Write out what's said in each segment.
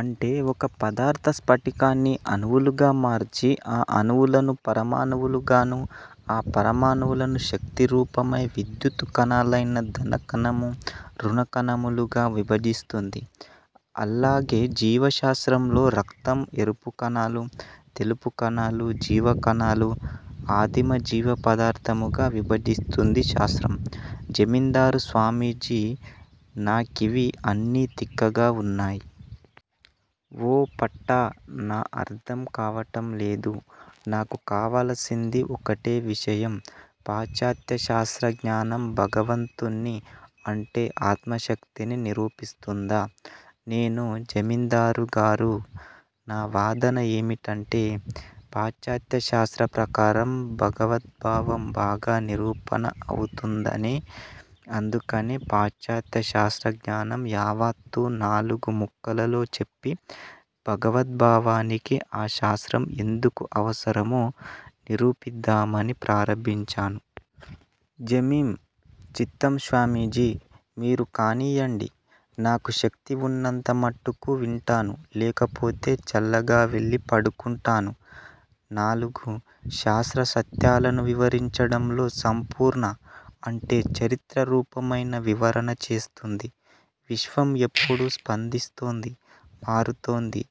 అంటే ఒక పదార్ధ స్పటికాన్ని అణువులుగా మార్చి, ఆ అణువులను పరమాణువులుగానూ, ఆ పరమాణువులను శక్తి రూపమై విద్యుత్ కణాలైన ధనకణము, రుణకణము లుగా విభజిస్తుంది. అల్లాగే జీవశాస్త్రంలో రక్తం ఎరుపు కణాలు, తెలుపు కణాలు, జీవకణాలు ఆదిమ జీవపదార్ధము గా విభజిస్తుంది శాస్త్రం. జమీందారు స్వామీజీ నా కివి అన్నీ తిక్కగా ఉన్నాయి. ఓ పట్టా న అర్ధం కావటంలేదు. నాకు కావలసింది ఒక్కటే విషయం. పాశ్చాత్య శాస్త్రజ్ఞానం భగవంతుణ్ని, అంటే ఆత్మశక్తిని నిరూపిస్తుందా? నేను: జమీందారుగారూ! నా వాదన ఏమిటంటే, పాశ్చాత్యశాస్త్ర ప్రకారం భగవద్బావం బాగా నిరూపణ అవుతుందనే! అందుకనే పాశ్చత్య శాస్త్రజ్ఞానం యావత్తూ నాలుగు ముక్కలలో చెప్పి, భగవద్భావానికి ఆ శాస్త్రం ఎందుకు అవసరమో నిరూపిద్దామని ప్రారంభించాను. జమీం: చిత్తం స్వామీజీ! మీరు కానీయండి. నాకు శక్తి ఉన్నంత మట్టుకు వింటాను. లేకపోతే చల్లగావెళ్ళి పడుకుంటాను. ''నాలుగు: శాస్త్ర సత్యాలను వివరించడంలో సంపూర్ణ, అంటే చరిత్ర రూపమైన, వివరణ చేస్తుంది. విశ్వం ఎప్పుడూ స్పందిస్తోంది, మారుతోంది.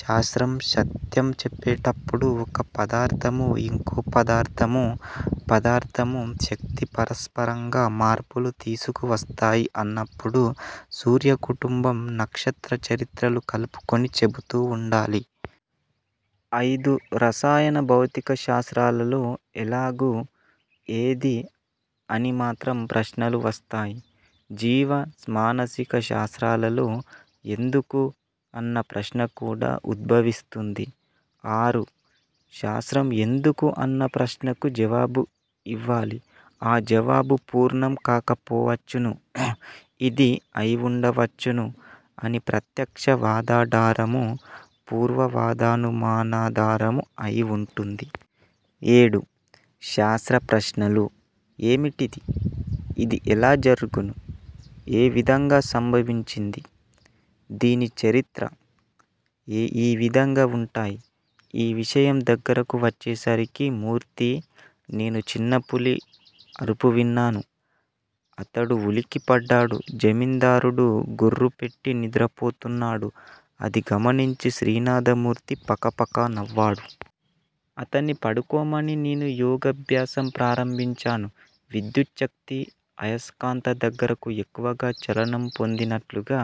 శాస్త్రం సత్యం చెప్పేటప్పుడు ఒక పదార్ధమూ, ఇంకోపదార్ధమూ, పదార్ధమూ, శక్తీ పరస్పరంగా మార్పులు తీసుకువస్తాయి అన్నప్పుడు సూర్యకుటుంబ, నక్షత్ర చరిత్రలు కలుపుకొని చెబుతూ ఉండాలి. అయిదు: రసాయన భౌతిక శాస్త్రాలలో ''ఏలాగు '', ''ఏది'' అని మాత్రం ప్రశ్నలు వస్తాయి. జీవ, మానసిక శాస్త్రాలలో ''ఎందుకు ''అన్న ప్రశ్న కూడా ఉద్భవిస్తుంది. ఆరు: శాస్త్రం ఎందుకు అన్న ప్రశ్నకు జవాబు ఇవ్వాలి. ఆ జవాబు పూర్ణం కాకపోవచ్చును. ఇది అయివుండవచ్చును అను ప్రత్యక్షవాదాఢారము, పూర్వవాదానుమానాధారము అయివుంటుంది. ఏడు: శాస్త్ర ప్రశ్నలు, ''ఏమిటిది'' ''ఇది ఎలా జరుగును? '' ''ఏ విధంగా సంభవించింది? '' ''దీని చరిత్ర? ఈవిధంగా వుంటాయి. '' ఈవిషయం దగ్గరకు వచ్చేసరికి మూర్తీ, నేనూ చిన్నపులి అఱుపు విన్నాము. అతడు ఉలికిపడ్డాడు. జమీందారుడు గుఱ్ఱు పెట్టి నిద్రపోతున్నాడు. అది గమనించి శ్రీనాథమూర్తి పకపక నవ్వాడు. అతన్ని పడుకోమని నేను యోగాభ్యాసం ప్రారంభించాను. విద్యుచ్చక్తి, అయస్కాంతం దగ్గరకు ఎక్కువ చలనం పొందినట్లుగా,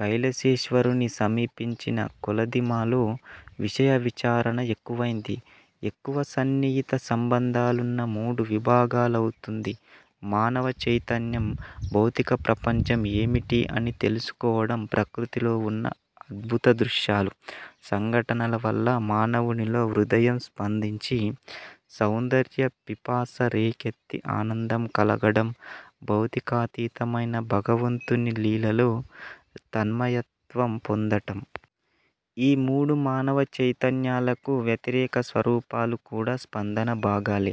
కైలసేశ్వరుని సమీపించిన కొలదీ మాలో విషయ విచారణ ఎక్కువైంది. ఎక్కువ సన్నిహిత సంబంధాలున్న మూడు విభాగాలవుతుంది మానవ చైతన్యం. భౌతిక ప్రపంచం ఏమిటి అని తెలుసుకోవడం ప్రకృతిలో ఉన్న అద్భుతదృశ్యాలు, సంఘటనవల్ల మానవునిలో హృదయం స్పందించి, సౌందర్య పిపాస రేకెత్తి ఆనందం కలగడం, భౌతికాతీతమైన భగవంతుని లీలలో తన్మయత్వం పొందడం. ఈ మూడు మానవ చైతన్యాలకూ వ్యతిరేక స్వరూపాలు కూడా స్పందన భాగాలే.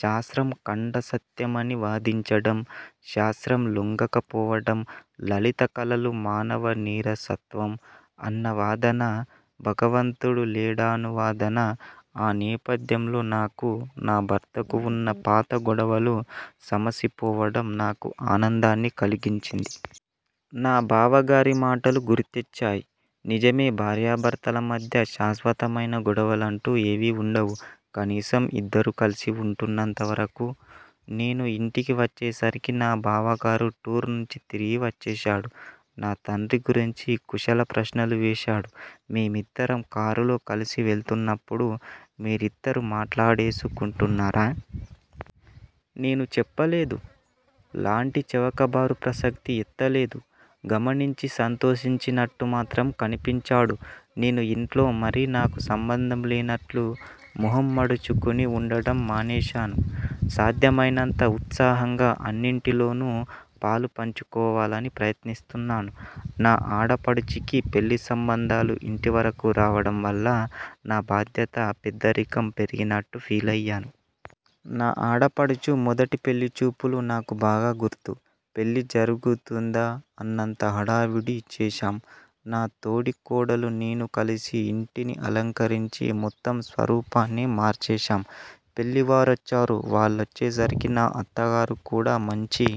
శాస్త్రం ఖండసత్యం అని వాదించడం, శాస్త్రం లొంగకపోవడం, లలిత కళలు మానవనీరసత్వం అన్నవాదన, భగవంతుడు లేడనువాదన. ఆ నేపథ్యంలో నాకూ, నా భర్తకూ వున్న పాత గొడవలు సమసిపోవడం నాకు ఆనందాన్ని కలిగించింది. నా బావగారి మాటలు గుర్తొచ్చాయి. నిజమే భార్యాభర్తల మధ్య శాశ్వతమైన గొడవలంటూ ఏవీ వుండవు. కనీసం ఇద్దరూ కలిసి వుంటున్నంతవరకూ! నేను ఇంటికి వచ్చేసరికి నా బావగారు టూర్ నుంచి తిరిగి వచ్చేశాడు. నా తండ్రి గురించి కుశల ప్రశ్నలు వేశాడు. మేమిద్దరం కారులో కలిసి వెళ్తున్నప్పుడు మీరిద్దరూ మాట్లాడేసుకుంటున్నారా? నేను చెప్పలేదూ! లాంటి చవకబారు ప్రసక్తి ఎత్తలేదు. గమనించి సంతోషించినట్టు మాత్రం కనిపించాడు. నేను ఇంట్లో మరీ నాకు సంబంధం లేనట్లూ, మొహం ముడుచుకునీ వుండడం మానేశాను. సాధ్యమైనంత ఉత్సాహంగా అన్నింటిలోనూ పాలుపంచుకోవాలని ప్రయత్నిస్తున్నాను. నా ఆడపడుచుకి పెళ్ళి సంబంధాలు ఇంటివరకూ రావడం వల్ల నా బాధ్యత, పెద్దరికం పెరిగినట్టు ఫీలయ్యాను. నా ఆడపడుచు మొదటి పెళ్ళిచూపులు నాకు బాగా గుర్తు. పెళ్ళి జరుగుతోందా అన్నంత హడావుడి చేశాం. నా తోడికోడలూ, నేనూ కలిసి యింటిని అలంకరించి మొత్తం స్వరూపాన్నే మార్చేశాం. పెళ్ళివారొచ్చారు. వాళ్ళొచ్చేసరికి నా అత్తగారు కూడా మంచి